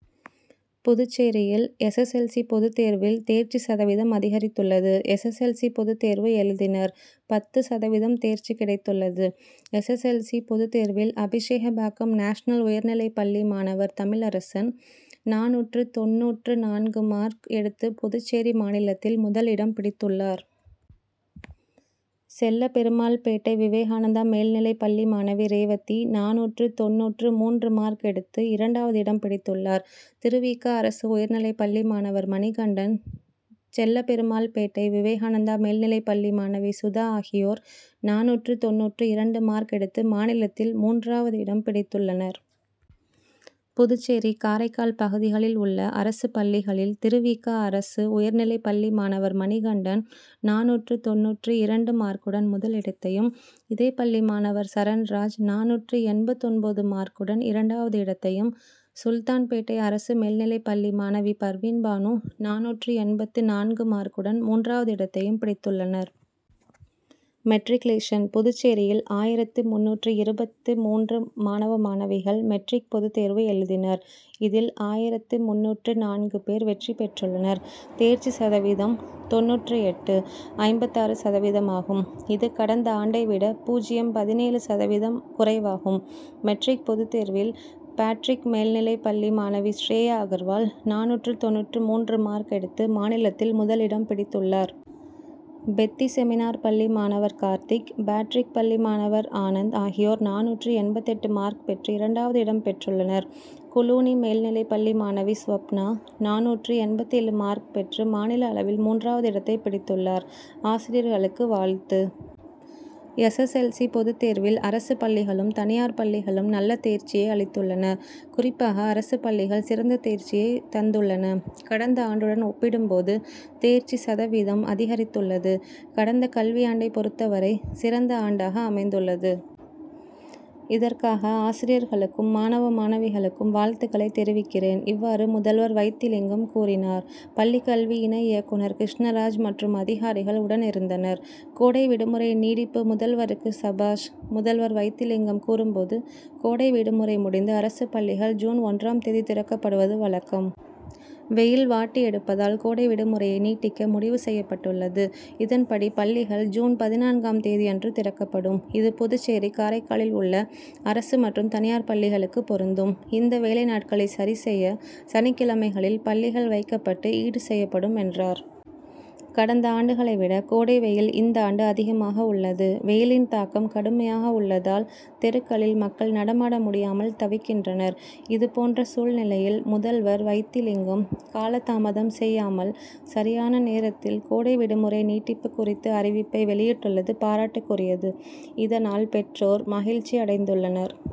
புதுச்சேரியில் S. S. L. C., பொதுத் தேர்வில் தேர்ச்சி சதவீதம் அதிகரித்துள்ளது. எஸ். எல். சி., பொதுத் தேர்வு எழுதினர். பத்து சதவீதம் தேர்ச்சி கிடைத்துள்ளது. எஸ். எஸ். எல். சி., பொதுத் தேர்வில் அபிஷேகப்பாக்கம் நேஷனல் உயர்நிலைப் பள்ளி மாணவர் தமிழரசன் நானூற்று தொண்ணூற்று நான்கு மார்க் எடுத்து புதுச்சேரி மாநிலத்தில் முதலிடம் பிடித்துள்ளார். செல்லபெருமாள்பேட்டை விவேகானந்தா மேல்நிலைப் பள்ளி மாணவி ரேவதி நானூற்று தொண்ணூற்று மூன்று மார்க் எடுத்து இரண்டாவது இடம் பிடித்துள்ளார். திரு. வி. க., அரசு உயர் நிலைப் பள்ளி மாணவர் மணிகண்டன், செல்லபெருமாள் பேட்டை விவேகானந்தா மேல்நிலைப் பள்ளி மாணவி சுதா ஆகியோர் நானூற்று தொண்ணூற்று இரண்டு மார்க் எடுத்து மாநிலத்தில் மூன்றாவது இடம் பிடித்துள்ளனர். புதுச்சேரி, காரைக்கால் பகுதிகளில் உள்ள அரசு பள்ளிகளில் திரு. வி. க. அரசு உயர்நிலைப் பள்ளி மாணவர் மணிகண்டன் நானூற்று தொண்ணூற்று இரண்டு மார்க்குடன் முதலிடத்தையும், இதேபள்ளி மாணவர் சரண்ராஜ் நானூற்று எண்பத்தொன்பது மார்க்குடன் இரண்டாவது இடத்தையும், சுல்தான்பேட்டை அரசு மேல்நிலைப் பள்ளி மாணவி பர்வீன் பானு நானூற்று எண்பத்து நான்கு மார்க்குடன் மூன்றாவது இடத்தையும் பிடித்துள்ளனர். மெட்ரிக்குலேஷன்: புதுச்சேரியில் ஆயிரத்து முந்நூற்று இருபத்து மூன்று மாணவ மாணவிகள் மெட்ரிக் பொதுத் தேர்வு எழுதினர். இதில் ஆயிரத்து முந்நூற்று நான்கு பேர் வெற்றி பெற்றுள்ளனர். தேர்ச்சி சதவீதம் தொண்ணூற்று எட்டு.ஐம்பத்தாறு சதவீதமாகும். இது, கடந்தாண்டைவிட பூஜ்ஜியம். பதினேழு சதவீதம் குறைவாகும். மெட்ரிக் பொதுத் தேர்வில் பேட்ரிக் மேல்நிலைப் பள்ளி மாணவி ஷ்ரேயா அகர்வால் நானூற்று தொண்ணூற்று மூன்று மார்க் எடுத்து மாநிலத்தில் முதலிடம் பிடித்துள்ளார். பெத்திசெமினார் பள்ளி மாணவர் கார்த்திக், பேட்ரிக் பள்ளி மாணவர் ஆனந்த் ஆகியோர் நானூற்று எண்பத்தெட்டு மார்க் பெற்று இரண் டாவது இடம் பெற்றுள்ளனர். குளூனி மேல்நிலைப் பள்ளி மாணவி ஸ்வப்னா, நானூற்று எண்பத்தேழு மார்க் பெற்று மாநில அளவில் மூன் றாவது இடத்தை பிடித்துள்ளார். ஆசிரியர்களுக்கு வாழ்த்து:. எஸ். எல். சி., பொதுத் தேர் வில் அரசு பள்ளிகளும், தனியார் பள்ளிகளும் நல்ல தேர்ச்சியை அளித்துள்ளன. குறிப் பாக அரசு பள்ளிகள் சிறந்த தேர்ச்சியை தந்துள்ளன. கடந்த ஆண்டுடன் ஒப்பிடும்போது தேர்ச்சி சதவீதம் அதிகரித் துள்ளது. கடந்த கல்வியாண்டை பொருத்தவரை சிறந்த ஆண் டாக அமைந்துள்ளது. இதற் காக ஆசிரியர்களுக்கும், மாணவ மாணவிகளுக்கும் வாழ்த்துக் களை தெரிவிக்கிறேன். இவ்வாறு முதல்வர் வைத்திலிங்கம் கூறினார். பள்ளிக் கல்வி இணை இயக்குனர் கிருஷ்ணராஜ் மற்றும் அதிகாரிகள் உடனிருந்தனர். கோடை விடுமுறை நீடிப்பு முதல்வருக்கு சபாஷ் முதல்வர் வைத்திலிங்கம் கூறும்போது, கோடை விடுமுறை முடிந்து அரசு பள்ளிகள் ஜூன் ஒன்றாம் தேதி திறக்கப்படுவது வழக்கம். வெயில் வாட்டி எடுப்பதால் கோடை விடுமுறையை நீட்டிக்க முடிவு செய்யப்பட்டுள்ளது. இதன்படி பள்ளிகள் ஜூன் பதினான்காம் தேதியன்று திறக்கப்படும். இது புதுச்சேரி, காரைக்காலில் உள்ள அரசு மற்றும் தனியார் பள்ளிகளுக்கு பொருந்தும். இந்த வேலை நாட்களை சரி செய்ய சனிக் கிழமைகளில் பள்ளிகள் வைக்கப்பட்டு ஈடு செய்யப்படும் என்றார். கடந்த ஆண்டுகளைவிட கோடை வெயில் இந்தாண்டு அதிகமாக உள்ளது. வெயிலின் தாக்கம் கடுமையாக உள்ளதால் தெருக்களில் மக்கள் நடமாட முடியாமல் தவிக்கின்றனர். இதுபோன்ற சூழ்நிலையில் முதல்வர் வைத்திலிங்கம், காலதாமதம் செய்யாமல் சரியான நேரத்தில் கோடை விடுமுறை நீட்டிப்பு குறித்த அறிவிப்பை வெளியிட்டுள்ளது பாராட்டுக்குரியது. இதனால் பெற்றோர் மகிழ்ச்சி அடைந்துள்ளனர்.